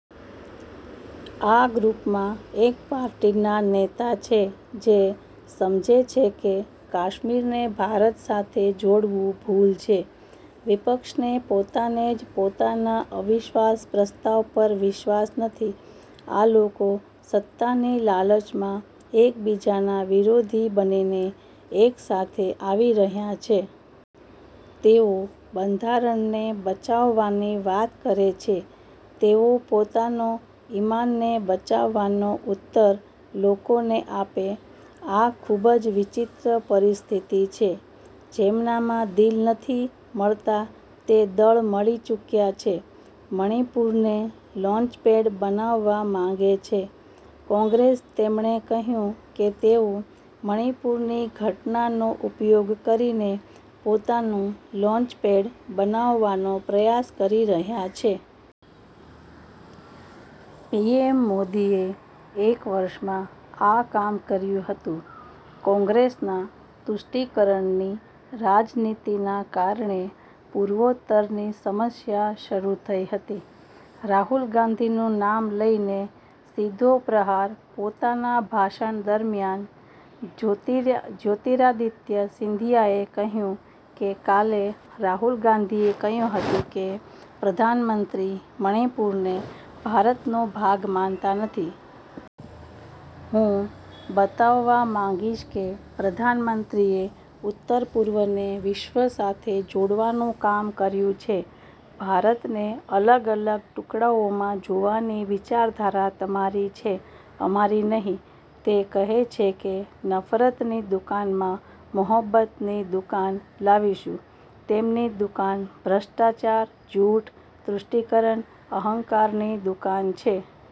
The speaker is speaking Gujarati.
આ ગ્રુપમાં એક પાર્ટીના નેતા છે જે સમજે છે કે કાશ્મીરને ભારત સાથે જોડવું ભૂલ છે. વિપક્ષને પોતાને જ પોતાના અવિશ્વાસ પ્રસ્તાવ પર વિશ્વાસ નથી. આ લોકો સત્તાની લાલચમાં એકબીજાના વિરોધી બનીને એકસાથે આવી રહ્યા છે. તેઓ બંધારણને બચાવવાની વાત કરે છે, તેઓ પોતાનો ઇમાનને બચાવવાનો ઉત્તર લોકોને આપે. આ ખૂબ જ વિચિત્ર પરિસ્થિતિ છે, જેમનામાં દિલ નથી મળતા તે દળ મળી ચુક્યા છે. મણિપુરને લોન્ચપેડ બનાવવા માંગે છે કોંગ્રેસ તેમણે કહ્યું કે તેઓ મણિપુરની ઘટનાનો ઉપયોગ કરીને પોતાનું લોન્ચપેડ બનાવવાનો પ્રયાસ કરી રહ્યા છે. પીએમ મોદીએ એક વર્ષમાં આ કામ કર્યું હતું. કોંગ્રેસના તુષ્ટિકરણની રાજનીતિના કારણે પૂર્વોત્તરની સમસ્યા શરૂ થઈ હતી. રાહુલ ગાંધીનું નામ લઇને સીધો પ્રહાર પોતાના ભાષણ દરમિયાન જ્યોતિરાદિત્ય સિંધિયાએ કહ્યું કે કાલે રાહુલ ગાંધીએ કહ્યું હતું કે પ્રધાનમંત્રી મણિપુરને ભારતનો ભાગ માનતા નથી. હું બતાવવા માંગીશ કે પ્રધાનમંત્રીએ ઉત્તર-પૂર્વને વિશ્વ સાથે જોડવાનું કામ કર્યું છે. ભારતને અલગ-અલગ ટુકડાઓમાં જોવાની વિચારધારા તમારી છે, અમારી નહીં. તે કહે છે કે નફરતની દુકાનમાં મોહબત્તની દુકાન લાવીશું. તેમની દુકાન ભ્રષ્ટાચાર, જુઠ, તૃષ્ટીકરણ, અહંકારની દુકાન છે.